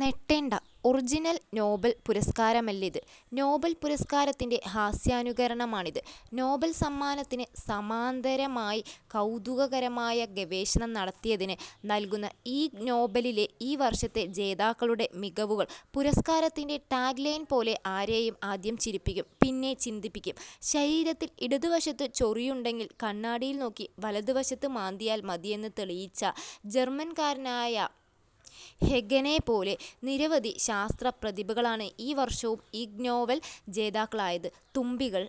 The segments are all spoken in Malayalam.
ഞെട്ടേണ്ട, ഒറിജിനൽ നൊബേൽ പുരസ്കാരമല്ലിത്. നൊബേൽ പുരസ്കാരത്തിന്റെ ഹാസ്യാനുകരണമാണിത്. നൊബേൽ സമ്മാനത്തിന് സമാന്തരമായി കൗതുകകരമായ ഗവേഷണം നടത്തിയതിന് നൽകുന്ന ഇഗ് നൊബേലിലെ ഈ വർഷത്തെ ജേതാക്കളുടെ മികവുകൾ പുരസ്കാരത്തിന്റെ ടാഗ് ലൈൻ പോലെ ആരെയും ആദ്യം ചിരിപ്പിക്കും പിന്നെ ചിന്തിപ്പിക്കും. ശരീരത്തിൽ ഇടതുവശത്ത് ചൊറിയുണ്ടെങ്കിൽ കണ്ണാടിയിൽ നോക്കി വലതുവശത്ത് മാന്തിയാൽ മതിയെന്ന് തെളിയിച്ച ജർമൻകാരനായ ഹെഖെനെപ്പോലെ നിരവധി ശാസ്ത്ര പ്രതിഭകളാണ് ഈ വർഷവും ഇഗ് നൊബേൽ ജേതാക്കളായത്. തുമ്പികൾ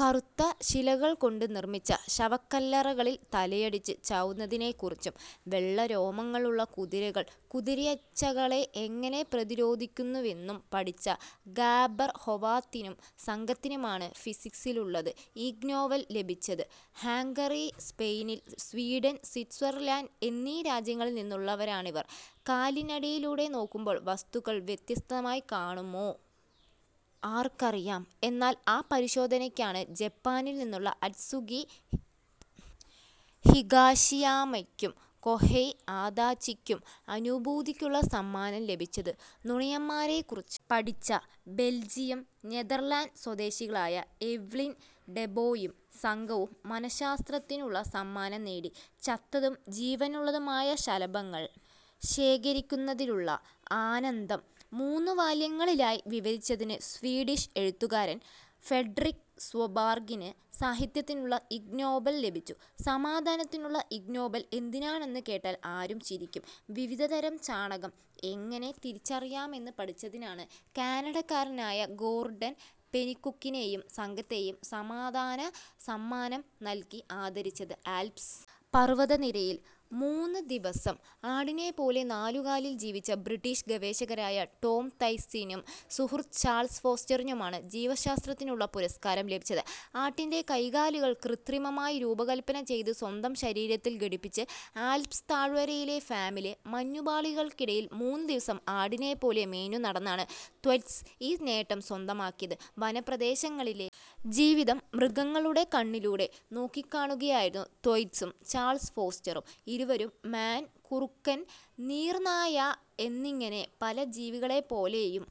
കറുത്ത ശിലകൾകൊണ്ട് നിർമിച്ച ശവക്കല്ലറകളിൽ തലയടിച്ച് ചാവുന്നതിനെക്കുറിച്ചും വെള്ളരോമങ്ങളുള്ള കുതിരകൾ കുതിരയീച്ചകളെ എങ്ങനെ പ്രതിരോധിക്കുന്നുവെന്നും പഠിച്ച ഗാബർ ഹോവാത്തിനും സംഘത്തിനുമാണ് ഫിസിക്സിലുള്ള ഇഗ് നൊബേൽ ലഭിച്ചത്. ഹംഗറി സ്പെയിൻ സ്വീഡൻ സ്വിറ്റ്സർലൻഡ് എന്നീ രാജ്യങ്ങളിൽ നിന്നുള്ളവരാണിവർ. കാലിനിടയിലൂടെ നോക്കുമ്പോൾ വസ്തുക്കൾ വ്യത്യസ്തമായി കാണുമോ. ആർക്കറിയാം. എന്നാൽ ആ പരിശോധനയ്ക്കാണ് ജപ്പാനിൽ നിന്നുള്ള അറ്റ്സുകി ഹിഗാശിയാമയ്ക്കും കൊഹൈ അദാച്ചിക്കും അനുഭൂതിക്കുള്ള സമ്മാനം ലഭിച്ചത്. നുണയന്മാരെക്കുറിച്ച് പഠിച്ച ബെൽജിയം നെതർലാൻഡ് സ്വദേശികളായ എവ്ലിൻ ഡെബേയും സംഘവും മനശ്ശാസ്ത്രത്തിനുള്ള സമ്മാനം നേടി. ചത്തതും ജീവനുള്ളതുമായ ശലഭങ്ങൾ ശേഖരിക്കുന്നതിലുള്ള ആനന്ദം മൂന്ന് വാല്യങ്ങളിലായി വിവരിച്ചതിന് സ്വീഡിഷ് എഴുത്തുകാരൻ ഫ്രെഡറിക് സ്വോബർഗിന് സാഹിത്യത്തിനുള്ള ഇഗ് നൊബേൽ ലഭിച്ചു. സമാധാനത്തിനുള്ള ഇഗ് നൊബേൽ എന്തിനാണെന്ന് കേട്ടാൽ ആരും ചിരിക്കും. വിവിധതരം ചാണകം എങ്ങനെ തിരിച്ചറിയാമെന്ന് പഠിച്ചതിനാണ് കാനഡക്കാരനായ ഗോർഡൻ പെനികുക്കിനെയും സംഘത്തെയും സമാധാന സമ്മാനം നൽകി ആദരിച്ചത്. ആൽപ്സ് പർവതനിരയിൽ മൂന്ന് ദിവസം ആടിനെപ്പോലെ നാലുകാലിൽ ജീവിച്ച ബ്രിട്ടിഷ് ഗവേഷകരായ ടോം ത്വൈറ്റ്സിനും സുഹൃത്ത് ചാൾസ് ഫോസ്റ്ററിനുമാണ് ജീവശാസ്ത്രത്തിനുള്ള പുരസ്കാരം ലഭിച്ചത്. ആടിന്റെ കൈകാലുകൾ കൃത്രിമമായി രൂപകൽപ്പന ചെയ്ത് സ്വന്തം ശരീരത്തിൽ ഘടിപ്പിച്ച് ആൽപ്സ് താഴ്വരയിലെ ഫാമിലെ മഞ്ഞുപാളികൾക്കിടയിൽ മൂന്ന് ദിവസം ആടിനെപ്പോലെ മേഞ്ഞുനടന്നാണ് ത്വൈറ്റ്സ് ഈ നേട്ടം സ്വന്തമാക്കിയത്. വനപ്രദേശങ്ങളിലെ ജീവിതം മൃഗങ്ങളുടെ കണ്ണിലൂടെ നോക്കിക്കാണുകയായിരുന്നു ത്വൈറ്റ്സും ചാൾസ് ഫോസ്റ്ററും. ഇരുവരും മാൻ കുറുക്കൻ നീർനായ എന്നിങ്ങനെ പല ജീവികളെപ്പോലെയും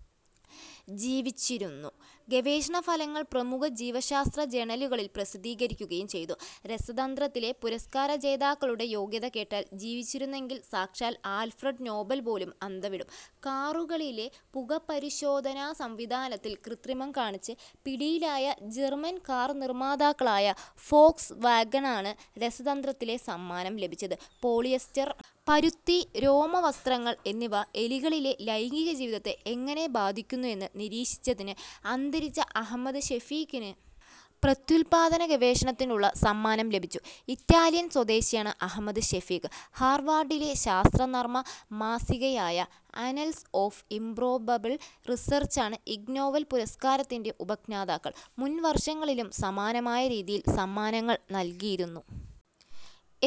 ജീവിച്ചിരുന്നു. ഗവേഷണഫലങ്ങൾ പ്രമുഖ ജീവശാസ്ത്ര ജേണലുകളിൽ പ്രസിദ്ധീകരിക്കുകയും ചെയ്തു. രസതന്ത്രത്തിലെ പുരസ്കാര ജേതാക്കളുടെ യോഗ്യത കേട്ടാൽ ജീവിച്ചിരുന്നെങ്കിൽ സാക്ഷാൽ ആൽഫ്രഡ് നൊബേൽ പോലും അന്തംവിടും. കാറുകളിലെ പുകപരിശോധനാ സംവിധാനത്തിൽ കൃത്രിമം കാണിച്ച് പിടിയിലായ ജർമൻ കാർ നിർമാതാക്കളായ ഫോക്സ് വാഗണാണ് രസതന്ത്രത്തിലെ സമ്മാനം ലഭിച്ചത്. പോളിയസ്റ്റർ പരുത്തി രോമവസ്ത്രങ്ങൾ എന്നിവ എലികളിലെ ലൈംഗികജീവിതത്തെ എങ്ങനെ ബാധിക്കുന്നു എന്ന് നിരീക്ഷിച്ചതിന് അന്തരിച്ച അഹ്മദ് ഷഫീഖിന് പ്രത്യുൽപാദന ഗവേഷണത്തിനുള്ള സമ്മാനം ലഭിച്ചു. ഇറ്റാലിയൻ സ്വദേശിയാണ് അഹ്മദ് ഷഫീഖ്. ഹാർവാർഡിലെ ശാസ്ത്രനർമ്മ മാസികയായ ആന്നൽസ് ഓഫ് ഇംപ്രോബബിൾ റിസർച്ചാണ് ഇഗ് നൊബേൽ പുരസ്കാരത്തിന്റെ ഉപജ്ഞാതാക്കൾ. മുൻവർഷങ്ങളിലും സമാനമായ രീതിയിൽ സമ്മാനങ്ങൾ നൽകിയിരുന്നു.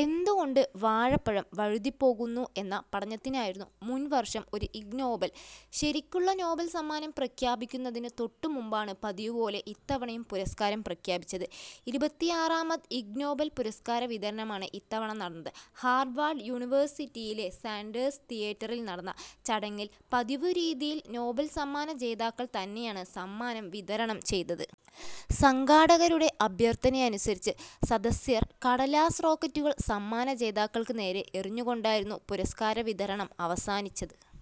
എന്തുകൊണ്ട് വാഴപ്പഴം വഴുതിപ്പോകുന്നു എന്ന പഠനത്തിനായിരുന്നു മുൻവർഷം ഒരു ഇഗ് നൊബേൽ. ശരിക്കുള്ള നൊബേൽ സമ്മാനം പ്രഖ്യാപിക്കുന്നതിന് തൊട്ടുമുമ്പാണ് പതിവുപോലെ ഇത്തവണയും പുരസ്കാരം പ്രഖ്യാപിച്ചത്. ഇരുപത്തിയാറാമത് ഇഗ് നൊബേൽ പുരസ്കാര വിതരണമാണ് ഇത്തവണ നടന്നത്. ഹാർവാർഡ് യൂണിവേഴ്സിറ്റിയിലെ സാൻഡേഴ്സ് തിയേറ്ററിൽ നടന്ന ചടങ്ങിൽ പതിവുരീതിയിൽ നൊബേൽ സമ്മാന ജേതാക്കൾ തന്നെയാണ് സമ്മാനം വിതരണം ചെയ്തത്. സംഘാടകരുടെ അഭ്യർഥനയനുസരിച്ച് സദസ്യർ കടലാസ് റോക്കറ്റുകൾ സമ്മാന ജേതാക്കൾക്ക് നേരെ എറിഞ്ഞുകൊണ്ടായിരുന്നു പുരസ്കാര വിതരണം അവസാനിച്ചത്.